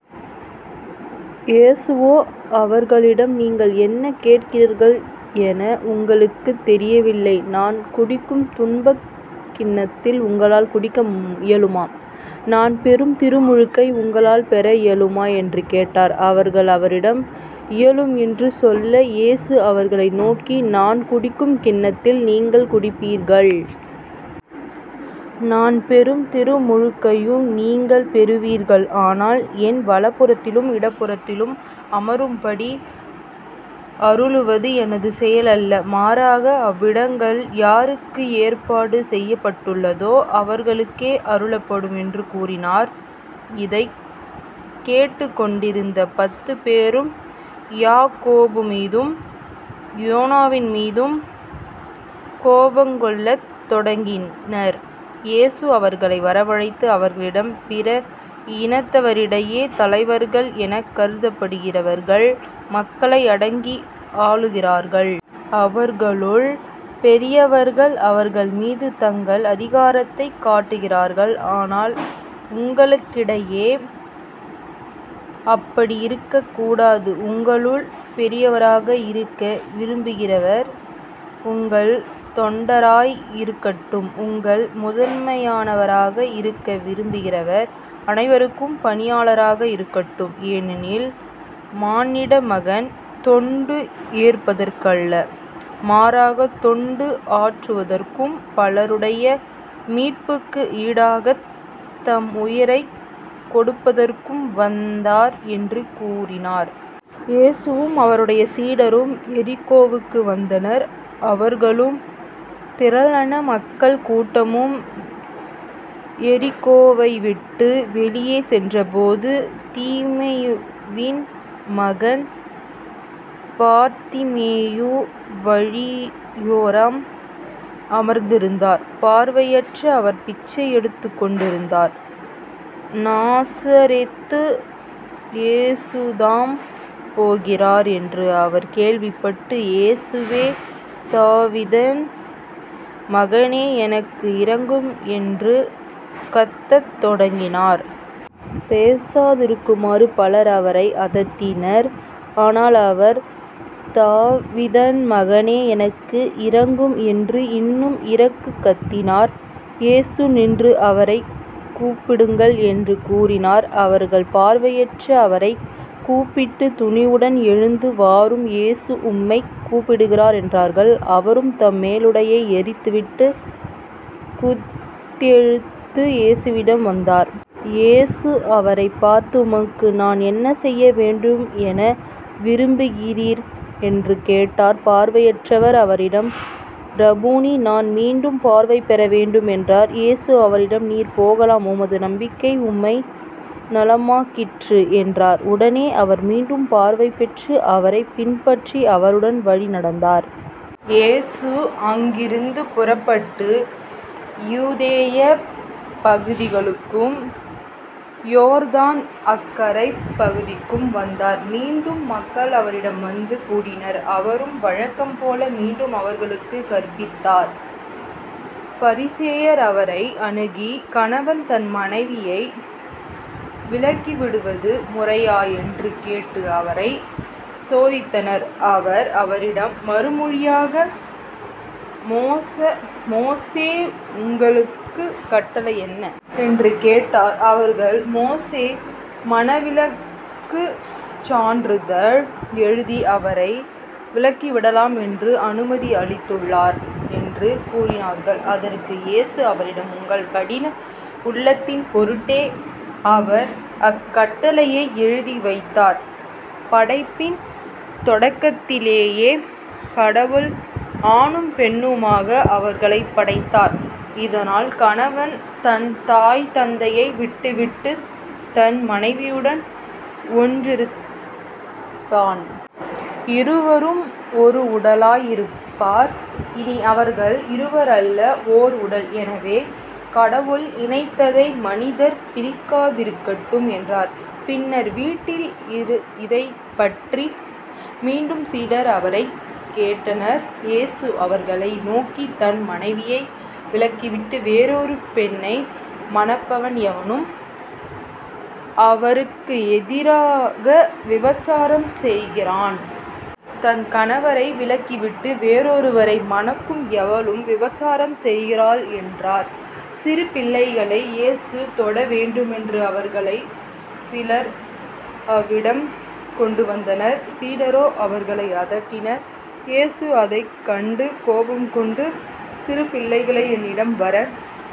இயேசுவோ அவர்களிடம் நீங்கள் என்ன கேட்கிறீர்கள் என உங்களுக்குத் தெரியவில்லை. நான் குடிக்கும் துன்பக் கிண்ணத்தில் உங்களால் குடிக்க இயலுமா? நான் பெறும் திருமுழுக்கை உங்களால் பெற இயலுமா? என்று கேட்டார். அவர்கள் அவரிடம் இயலும் என்று சொல்ல இயேசு அவர்களை நோக்கி நான் குடிக்கும் கிண்ணத்தில் நீங்கள் குடிப்பீர்கள். நான் பெறும் திருமுழுக்கையும் நீங்கள் பெறுவீர்கள். ஆனால் என் வலப்புறத்திலும் இடப்புறத்திலும் அமரும்படி அருளுவது எனது செயல் அல்ல மாறாக அவ்விடங்கள் யாருக்கு ஏற்பாடு செய்யப்பட்டுள்ளதோ அவர்களுக்கே அருளப்படும் என்று கூறினார். இதைக் கேட்டுக்கொண்டிருந்த பத்துப் பேரும் யாக்கோபுமீதும் யோவான்மீதும் கோபங்கொள்ளத் தொடங்கினர். இயேசு அவர்களை வரவழைத்து அவர்களிடம் பிற இனத்தவரிடையே தலைவர்கள் எனக் கருதப்படுகிறவர்கள் மக்களை அடக்கி ஆளுகிறார்கள். அவர்களுள் பெரியவர்கள் அவர்கள் மீது தங்கள் அதிகாரத்தைக் காட்டுகிறார்கள். ஆனால் உங்களிடையே அப்படி இருக்கக் கூடாது. உங்களுள் பெரியவராக இருக்க விரும்புகிறவர் உங்கள் தொண்டராய் இருக்கட்டும். உங்களுள் முதன்மையானவராக இருக்க விரும்புகிறவர் அனைவருக்கும் பணியாளராக இருக்கட்டும். ஏனெனில் மானிடமகன் தொண்டு ஏற்பதற்கு அல்ல மாறாகத் தொண்டு ஆற்றுவதற்கும் பலருடைய மீட்புக்கு ஈடாகத் தம் உயிரைக் கொடுப்பதற்கும் வந்தார் என்று கூறினார். இயேசுவும் அவருடைய சீடரும் எரிகோவுக்கு வந்தனர். அவர்களும் திரளான மக்கள் கூட்டமும் எரிகோவைவிட்டு வெளியே சென்றபோது திமேயுவின் மகன் பர்த்திமேயு வழியோரம் அமர்ந்திருந்தார். பார்வையற்ற அவர் பிச்சை எடுத்துக்கொண்டிருந்தார். நாசரேத்து இயேசுதாம் போகிறார் என்று அவர் கேள்விப்பட்டு இயேசுவே தாவீதின் மகனே எனக்கு இரங்கும் என்று கத்தத் தொடங்கினார். பேசாதிருக்குமாறு பலர் அவரை அதட்டினர் ஆனால் அவர் தாவீதின் மகனே எனக்கு இரங்கும் என்று இன்னும் இரக்குக் கத்தினார். இயேசு நின்று அவரைக் கூப்பிடுங்கள் என்று கூறினார். அவர்கள் பார்வையற்ற அவரைக் கூப்பிட்டு துணிவுடன் எழுந்து வாரும் இயேசு உம்மைக் கூப்பிடுகிறார் என்றார்கள். அவரும் தம் மேலுடையை எறிந்து விட்டு குதித்தெழுந்து இயேசுவிடம் வந்தார். இயேசு அவரைப் பார்த்து உமக்கு நான் என்ன செய்ய வேண்டும் என விரும்புகிறீர்? என்று கேட்டார். பார்வையற்றவர் அவரிடம் ரபூணி நான் மீண்டும் பார்வை பெறவேண்டும் என்றார். இயேசு அவரிடம் நீர் போகலாம் உமது நம்பிக்கை உம்மை நலமாக்கிற்று என்றார். உடனே அவர் மீண்டும் பார்வை பெற்று அவரைப் பின்பற்றி அவருடன் வழி நடந்தார். இயேசு அங்கிருந்து புறப்பட்டு யூதேயப் பகுதிகளுக்கும் யோர்தான் அக்கரைப் பகுதிக்கும் வந்தார். மீண்டும் மக்கள் அவரிடம் வந்து கூடினர். அவரும் வழக்கம் போல மீண்டும் அவர்களுக்குக் கற்பித்தார். பரிசேயர் அவரை அணுகி கணவன் தன் மனைவியை விலக்கிவிடுவது முறையா? என்று கேட்டு அவரைச் சோதித்தனர். அவர் அவர்களிடம் மறுமொழியாக மோசே உங்களுக்கு கட்டளை என்ன? என்று கேட்டார். அவர்கள் மோசே மணவிலக்குச் சான்றிதழ் எழுதி அவரை விலக்கிவிடலாம் என்று அனுமதி அளித்துள்ளார் என்று கூறினார்கள். அதற்கு இயேசு அவர்களிடம் உங்கள் கடின உள்ளத்தின் பொருட்டே அவர் இக்கட்டளையை எழுதி வைத்தார். படைப்பின் தொடக்கத்திலேயே கடவுள் ஆணும் பெண்ணுமாக அவர்களைப் படைத்தார். இதனால் கணவன் தன் தாய் தந்தையை விட்டுவிட்டுத் தன் மனைவியுடன் ஒன்றித்திருப்பான். இருவரும் ஒரு உடலாய் இருப்பார். இனி அவர்கள் இருவர் அல்ல. ஓர் உடல். எனவே கடவுள் இணைத்ததை மனிதர் பிரிக்காதிருக்கட்டும் என்றார். பின்னர் வீட்டில் இதைப்பற்றி மீண்டும் சீடர் அவரைக் கேட்டனர். இயேசு அவர்களை நோக்கி தன் மனைவியை விலக்கிவிட்டு வேறொரு பெண்ணை மணப்பவன் எவனும் அவருக்கு எதிராக விபசாரம் செய்கிறான். தன் கணவரை விலக்கிவிட்டு வேறொருவரை மணக்கும் எவளும் விபசாரம் செய்கிறாள்" என்றார். சிறு பிள்ளைகளை இயேசு தொட வேண்டுமென்று அவர்களைச் சிலர் அவிடம் கொண்டுவந்தனர். சீடரோ அவர்களை அதட்டினர். இயேசு இதைக் கண்டு, கோபம் கொண்டு சிறு பிள்ளைகளை என்னிடம் வர